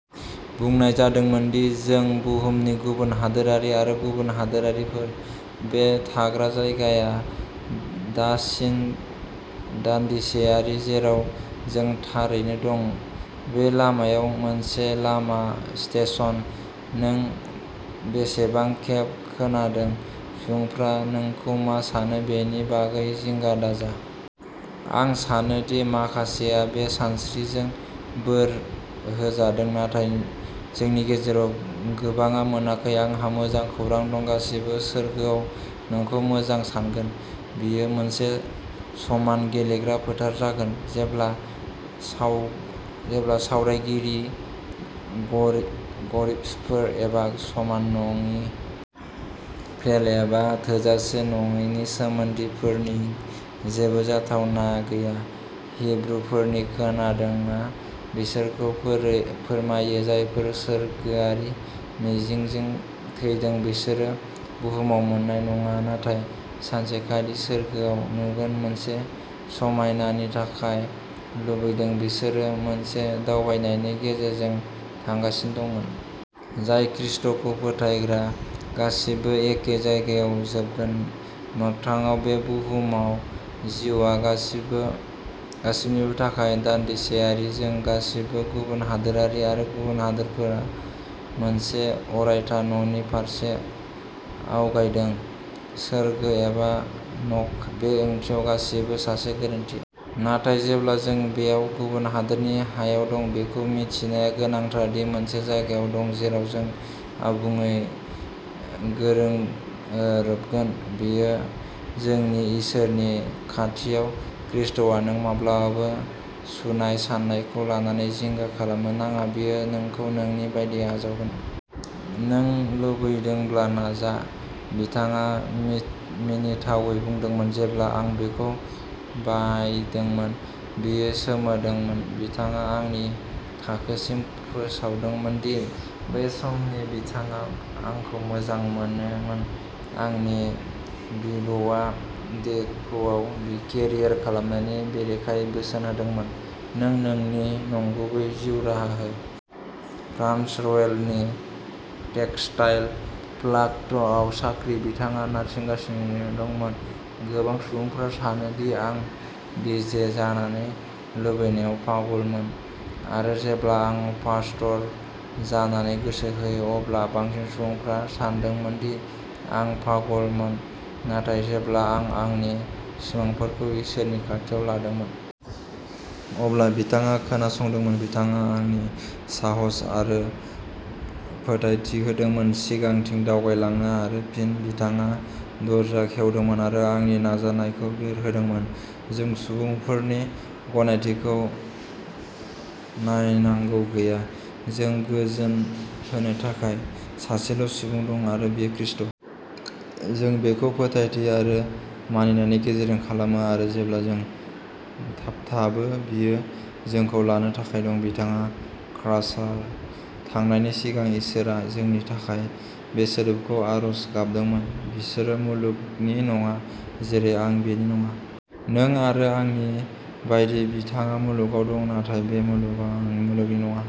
बुंनाय जादोंमोन दि जों बुहुमनि गुबुन हादोरारि आरो गुबुन हादोरारिफोर। बे थाग्रा जायगाया दासिन दानदिसेयारि जेराव जों थारैनो दं। बै लामायाव मोनसे लामा स्टेशन। नों बेसेबां खेब खोनादों। सुबुंफोरा नोंखौ मा सानो बेनि बागै जिंगा दाजा? आं सानो दि माखासेआ बे सानस्रिजों बोर होजादों। नाथाय जोंनि गेजेराव गोबांआ मोनाखै। आंहा मोजां खौरां दं। गासैबो सोरगोआव नोंखौ मोजां सानगोन। बेयो मोनसे समान गेलेग्रा फोथार जागोन। जेब्ला साव जेब्ला सावरायगिरि, गरिपफोर एबा समान नङि। फेल एबा थोजासे नङैनि सोमोनदैफोरनि जेबो जाथावना गैया। हिब्रुफोरनि खोनादोंना बैसोरखौ बोरै फोरमायो जायफोरा सोरगोआरि मिजिंजों थैदों। बिसोरो बुहुमाव मोननाय नङा नाथाय सानसेखालि सोरगोआव नुगोन मोनसे समायनानि थाखाय लुबैदोंमोन। बिसोरो मोनसे दावबायनायनि गेजेरजों थांगासिनो दंमोन। जाय ख्रीष्टखौ फोथायग्रा गासिबोजों एखे जायगायाव जोबगोन। मोगथाङाव बे बुहुमाव जिउआ गासिबो गासिबोनि थाखाय दानदिसेयारि। जों गासैबो गुबुन हादोरारि आरो गुबुन हादोरफोर। मोनसे अरायथा न'नि फारसे आवगायदों। सोरगो एबा नक। बे ओंथियाव गासैबो सासे गोरोन्थि। नाथाय जेब्ला जों बेयाव गुबुन हादोरनि हायाव दं। बेखौ मिथिनाया गोनांथार दि मोनसे जायगा दं जेराव जों आबुङै गोरों गोरोबगोन। बेयो जोंनि इसोरनि खाथियाव। खृष्टआव नों माब्लाबाबो सुनाय-सुनायखौ लानानै जिंगा खालामनो नाङा। बियो नोंखौ नोंनि बायदि आजावगोन। नों लुबैदोंब्ला नाजा। बिथाङा मिनिथावै बुंदोंमोन। जेब्ला आं बेखौ बायदोंमोन। बियो सोमोनांदोंमोन। बिथाङा आंनि थाखोसिम फोसावदोंमोन दि बै समसिम बिथाङा आंखौ मोजां मोनामोन। आंनि बिबौआ देंखआव केरियार खालामनायनि बेरेखायै बोसोन होदोंमोन। नों नोनि नंगुबै जिउ राहा हो। फ्रान्टस रयेलनि टेक्सटाइल प्लाट'आव साख्रि बिथाङा नारसिनदोंमोन। गोबां सुबुंफोरा सानोदि दि आं डीजे जानानै लुबैनायाव पागलमोन। आरो जेब्ला आं पास्टर जानो गोसो जायो। अब्ला बांसिन सुबुंफोरा सानदोंमोनदि आं पागलमोन। नाथाय जेब्ला आं आंनि सिमांफोरखौ इसोरनि खाथियाव लांदोंमोन। अब्ला बिथाङा खोनासंदोंमोन। बिथाङा आं साहस आरो फोथायथि होदोंमोन सिगांथिं दावबायलांनो। आरो फिन बिथाङा दरजा खेवदोंमोन आरो आंनि नाजानायखौ बोर होदोंमोन। जों सुबुंनफोरनि गनायथिखौ नायनांगौ गैया। जों गोजोनहोनो थाखाय सासेल' सुबुं दं। आरो बियो खृष्ट। जों बेखौ फोथायथि आरो मानिनायनि गेजेरजों खालामो। आरो जेब्ला जों थाबथाबो बियो जोंखौ लानो थाखाय दं। बिथाङा क्रासआव थांनायनि सिगां इसोरआ जोंनि थाखाय बे सोदोबफोरखौ आरज गाबदोंमोन। बिसोरो मुलुगनि नङा। जेरै आं बेनि नङा। नों आरो आंनि बायदि बिथाङा मुलुगाव दं नाथाय बे मुलुगनि नङा।